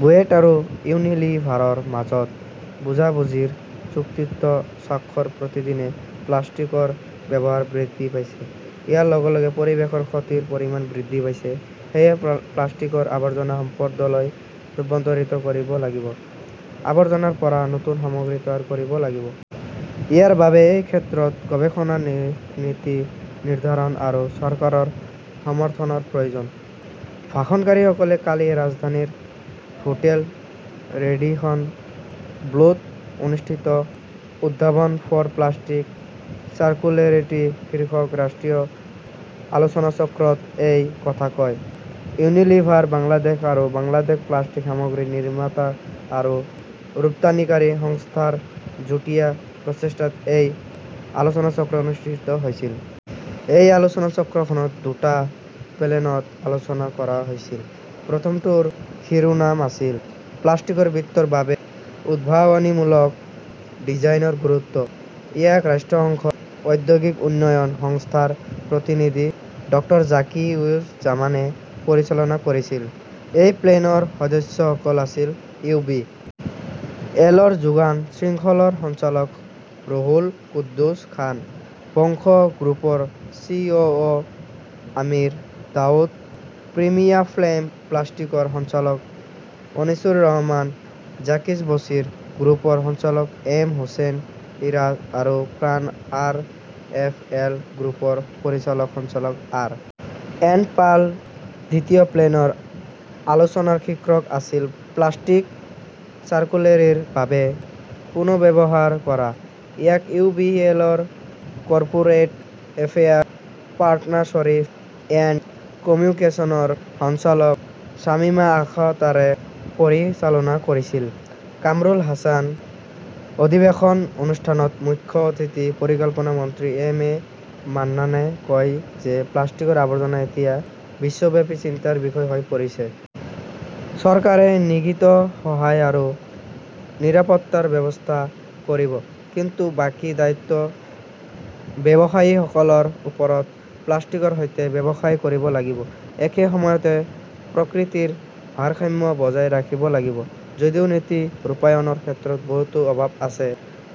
বুয়েট আৰু ইউনিলিভাৰৰ মাজত বুজাবুজিৰ চুক্তিত স্বাক্ষৰ প্ৰতিদিনে প্লাষ্টিকৰ ব্যৱহাৰ বৃদ্ধি পাইছে। ইয়াৰ লগে লগে পৰিৱেশৰ ক্ষতিৰ পৰিমাণ বৃদ্ধি পাইছে। সেয়েহে প্লাষ্টিকৰ আৱৰ্জনা সম্পদলৈ ৰূপান্তৰিত কৰিব লাগিব। আৱৰ্জনাৰ পৰা নতুন সামগ্ৰী তৈয়াৰ কৰিব লাগিব। ইয়াৰ বাবে এই ক্ষেত্ৰত গৱেষণা, নীতি নিৰ্ধাৰণ আৰু চৰকাৰৰ সমৰ্থনৰ প্ৰয়োজন। ভাষণকাৰীসকলে কালি ৰাজধানীৰ হোটেল ৰেডিসন ব্লুত অনুষ্ঠিত 'উদ্ভাৱন ফৰ প্লাষ্টিক চাৰ্কুলেৰিটি শীৰ্ষক ৰাষ্ট্ৰীয় আলোচনাচক্ৰত এই কথা কয়। ইউনিলিভাৰ বাংলাদেশ আৰু বাংলাদেশ প্লাষ্টিক সামগ্ৰী নিৰ্মাতা আৰু ৰপ্তানিকাৰী সংস্থা ৰ যুটীয়া প্ৰচেষ্টাত এই আলোচনাচক্ৰ অনুষ্ঠিত হৈছিল। এই আলোচনাচক্ৰখনত দুটা পেনেলত আলোচনা কৰা হৈছিল। প্ৰথমটোৰ শিৰোনাম আছিল-প্লাষ্টিকৰ বৃত্তৰ বাবে উদ্ভাৱনীমূলক ডিজাইনৰ গুৰুত্ব। ইয়াক ৰাষ্ট্ৰসংঘৰ ঔদ্যোগিক উন্নয়ন সংস্থাৰ প্ৰতিনিধি ডক্টৰ জাকি উজ জামানে পৰিচালনা কৰিছিল। এই পেনেলৰ সদস্যসকল আছিল ইউ. বি. এল. ৰ যোগান শৃংখলৰ সঞ্চালক ৰুহুল কুদ্দুছ খান, বংগ গ্ৰুপৰ চি. অ. অ. আমিৰ দাউদ, প্ৰিমিয়াফ্লেপ প্লাষ্টিকৰ সঞ্চালক অনিছুৰ ৰহমান, আকিজ-বছিৰ গ্ৰুপৰ সঞ্চালক এম হোসেন ইৰাজ আৰু প্ৰাণ-আৰ. এফ. এল. গ্ৰুপৰ পৰিচালন সঞ্চালক আৰ. এন. পাল। দ্বিতীয় পেনেলৰ আলোচনাৰ শীৰ্ষক আছিল-প্লাষ্টিক চাৰ্কুলেৰীৰ বাবে পুনৰ্ব্যৱহাৰ কৰা। ইয়াক ইউ. বি. এল. ৰ কৰ্পোৰেট এফেয়াৰ্ছ, পাৰ্টনাৰশ্বিপ এণ্ড কমিউনিকেচনছৰ সঞ্চালক শ্বামিমা আখতাৰে পৰিচালনা কৰিছিল। কামৰুল হাছান। অধিৱেশন অনুষ্ঠানত মুখ্য অতিথি পৰিকল্পনা মন্ত্ৰী এম এ মান্নানে কয় যে প্লাষ্টিকৰ আৱৰ্জনা এতিয়া বিশ্বব্যাপী চিন্তাৰ বিষয় হৈ পৰিছে। চৰকাৰে নীতিগত সহায় আৰু নিৰাপত্তাৰ ব্যৱস্থা কৰিব। কিন্তু বাকী দায়িত্ব ব্যৱসায়ীসকলৰ ওপৰত। প্লাষ্টিকৰ সৈতে ব্যৱসায় কৰিব লাগিব, একে সময়তে প্ৰকৃতিৰ ভাৰসাম্য বজাই ৰাখিব লাগিব। যদিও নীতি ৰূপায়ণৰ ক্ষেত্ৰত বহুতো অভাৱ আছে।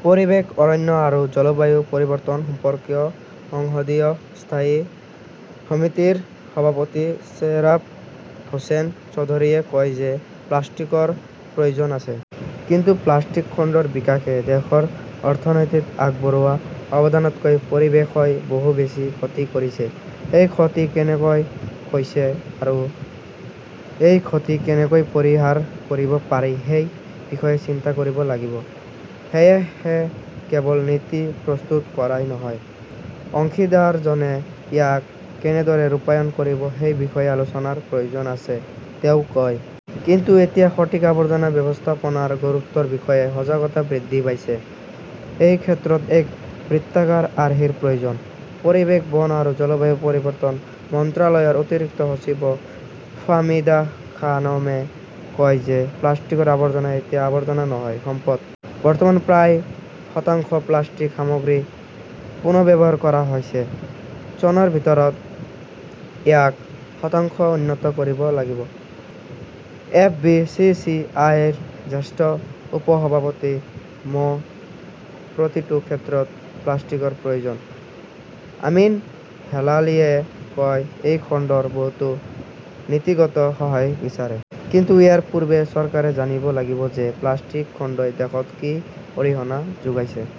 পৰিৱেশ, অৰণ্য আৰু জলবায়ু পৰিৱৰ্তন সম্পৰ্কীয় সংসদীয় স্থায়ী সমিতিৰ সভাপতি চেবাৰ হোসেন চৌধুৰীয়ে কয় যে প্লাষ্টিকৰ প্ৰয়োজন আছে। কিন্তু প্লাষ্টিক খণ্ডৰ বিকাশে দেশৰ অৰ্থনীতিত আগবঢ়োৱা অৱদানতকৈ পৰিৱেশই বহু বেছি ক্ষতি কৰিছে। এই ক্ষতি কেনেকৈ হৈছে আৰু এই ক্ষতি কেনেকৈ পৰিহাৰ কৰিব পাৰি সেই বিষয়ে চিন্তা কৰিব লাগিব। সেয়েহে কেৱল নীতি প্ৰস্তুত কৰাই নহয়; অংশীদাৰজনে ইয়াক কেনেদৰে ৰূপায়ণ কৰিব সেই বিষয়ে আলোচনাৰ প্ৰয়োজন আছে, তেওঁ কয়। কিন্তু এতিয়া সঠিক আৱৰ্জনা ব্যৱস্থাপনাৰ গুৰুত্বৰ বিষয়ে সজাগতা বৃদ্ধি পাইছে। এই ক্ষেত্ৰত এক বৃত্তাকাৰ আৰ্হিৰ প্ৰয়োজন। পৰিৱেশ, বন আৰু জলবায়ু পৰিৱৰ্তন মন্ত্ৰালয়ৰ অতিৰিক্ত সচিব ফাহমিদা খানমে কয় যে প্লাষ্টিকৰ আৱৰ্জনা এতিয়া আৱৰ্জনা নহয়, সম্পদ। বৰ্তমান প্ৰায় শতাংশ প্লাষ্টিক সামগ্ৰী পুনৰ্ব্যৱহাৰ কৰা হৈছে। চনৰ ভিতৰত ইয়াক শতাংশত উন্নীত কৰিব লাগিব। F. B. C. C. I. ৰ জ্যেষ্ঠ উপ-সভাপতি মো. প্ৰতিটো ক্ষেত্ৰতে প্লাষ্টিকৰ প্ৰয়োজন, আমিন হেলালিয়ে কয়। এই খণ্ডৰ বহুতে নীতিগত সহায় বিচাৰে। কিন্তু ইয়াৰ পূৰ্বে চৰকাৰে জানিব লাগিব যে প্লাষ্টিক খণ্ডই দেশত কি অৰিহণা যোগাইছে,